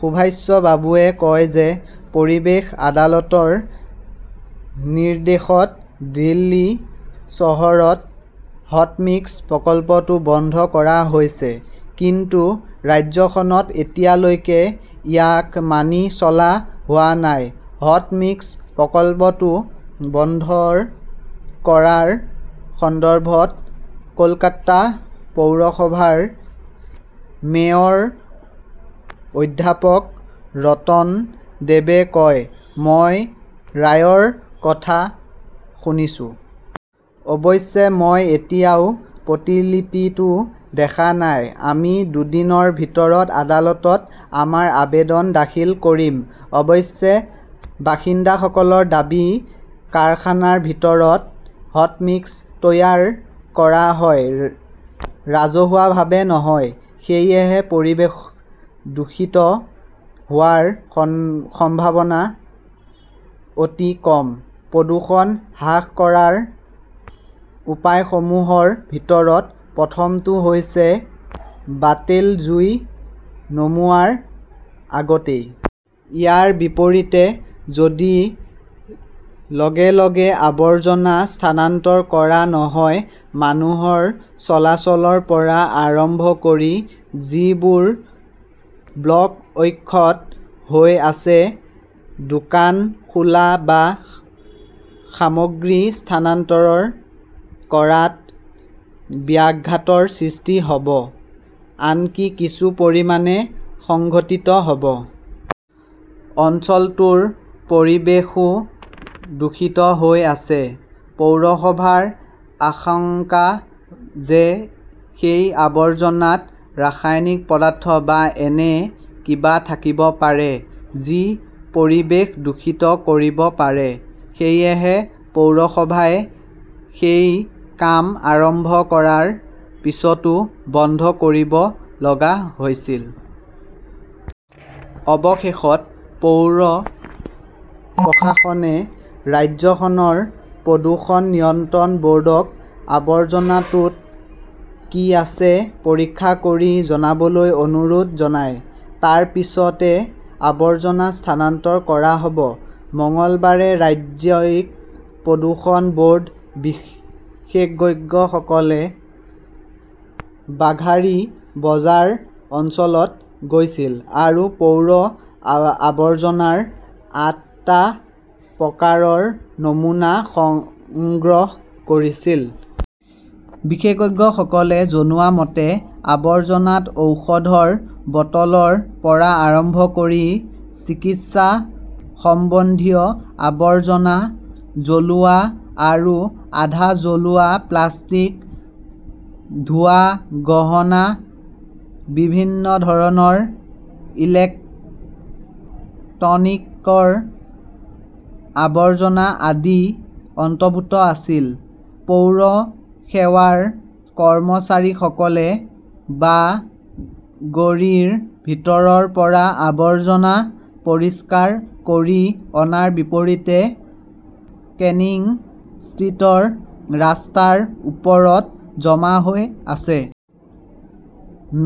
সুভাষ বাবুৱে কয় যে, পৰিৱেশ আদালতৰ নিৰ্দেশত দিল্লী চহৰত "হট মিক্স" প্ৰকল্পটো বন্ধ কৰা হৈছিল। কিন্তু ৰাজ্যখনত এতিয়ালৈকে ইয়াক মানি চলা হোৱা নাই। "হট মিক্স" প্ৰকল্পটো বন্ধ কৰাৰ সন্দৰ্ভত কলকাতা পৌৰসভাৰ মেয়ৰ অধ্যাপক ৰতন দেয়ে কয়, "মই ৰায়ৰ কথা শুনিছোঁ। অৱশ্যে মই এতিয়াও প্ৰতিলিপিটো দেখা নাই। আমি দুদিনৰ ভিতৰত আদালতত আমাৰ আবেদন দাখিল কৰিম"। অৱশ্যে বাসিন্দাসকলৰ দাবী- কাৰখানাৰ ভিতৰত হটমিক্স তৈয়াৰ কৰা হয়, ৰাজহুৱাভাৱে নহয়। সেয়েহে পৰিৱেশ দূষিত হোৱাৰ সম্ভাৱনা অতি কম। প্ৰদূষণ হ্ৰাস কৰাৰ উপায়সমূহৰ ভিতৰত প্ৰথমটো হৈছে বাতেল জুই নুমুৱাৰ আগতেই। ইয়াৰ বিপৰীতে, যদি লগে লগে আৱৰ্জনা স্থানান্তৰ কৰা নহয়, মানুহৰ চলাচলৰ পৰা আৰম্ভ কৰি যিবোৰ ব্লক অক্ষত হৈ আছে, দোকান খোলা বা সামগ্ৰী স্থানান্তৰ কৰাত ব্যাঘাতৰ সৃষ্টি হ 'ব, আনকি কিছু পৰিমাণে সংঘটিত হ' ব। অঞ্চলটোৰ পৰিৱেশো দূষিত হৈ আছে। পৌৰসভাৰ আশংকা যে সেই আৱৰ্জনাত ৰাসায়নিক পদাৰ্থ বা এনে কিবা থাকিব পাৰে, যি পৰিৱেশ দূষিত কৰিব পাৰে। সেয়েহে পৌৰসভাই সেই কাম আৰম্ভ কৰাৰ পিছতো বন্ধ কৰিব লগা হৈছিল। অৱশেষত পৌৰ প্ৰশাসনে ৰাজ্যখনৰ প্ৰদূষণ নিয়ন্ত্ৰণ বৰ্ডক আৱৰ্জনাটোত কি আছে পৰীক্ষা কৰি জনাবলৈ অনুৰোধ জনায়। তাৰ পিছতে আৱৰ্জনা স্থানান্তৰ কৰা হব। মঙলবাৰে ৰাজ্যিক প্ৰদূষণ বৰ্ডৰ বিশেষজ্ঞসকলে বাঘাৰী বজাৰ অঞ্চলত গৈছিল আৰু পোৰা আৱৰ্জনাৰ আঠটা প্ৰকাৰৰ নমুনা সংগ্ৰহ কৰিছিল। বিশেষজ্ঞসকলে জনোৱা মতে, আৱৰ্জনাত ঔষধৰ বটলৰ পৰা আৰম্ভ কৰি চিকিৎসা সম্বন্ধীয় আৱৰ্জনা, জ্বলোৱা আৰু আধা জ্বলোৱা প্লাষ্টিক, ভুৱা গহনা, বিভিন্ন ধৰণৰ ইলেক্ট্ৰনিক আৱৰ্জনা আদি অন্তৰ্ভুক্ত আছিল। পৌৰসেৱাৰ কৰ্মচাৰীসকলে বাগড়ীৰ ভিতৰৰ পৰা আৱৰ্জনা পৰিষ্কাৰ কৰি অনাৰ বিপৰীতে কেনিং ষ্ট্ৰীটৰ ৰাস্তাৰ ওপৰত জমা হৈ আছে।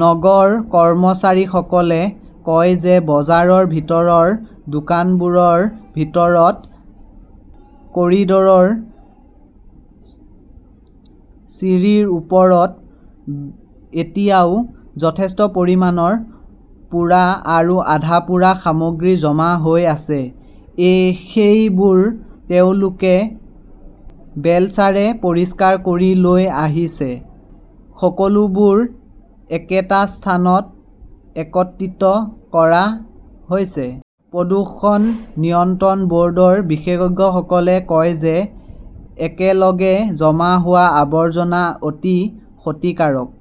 নগৰ কৰ্মচাৰীসকলে কয় যে, বজাৰৰ ভিতৰৰ, দোকানবোৰৰ ভিতৰত, কৰিডৰৰ চিৰিৰ ওপৰত এতিয়াও যথেষ্ট পৰিমাণৰ পোৰা আৰু আধা-পোৰা সামগ্ৰী জমা হৈ আছে। সেইবোৰ তেওঁলোকে বেলচাৰে পৰিষ্কাৰ কৰি লৈ আহিছে। সকলোবোৰ একেটা স্থানত একত্ৰিত কৰা হৈছে। প্ৰদূষণ নিয়ন্ত্ৰণ বৰ্ডৰ বিশেষজ্ঞসকলে কয় যে, একেলগে জমা হোৱা আৱৰ্জনা অতি ক্ষতিকাৰক।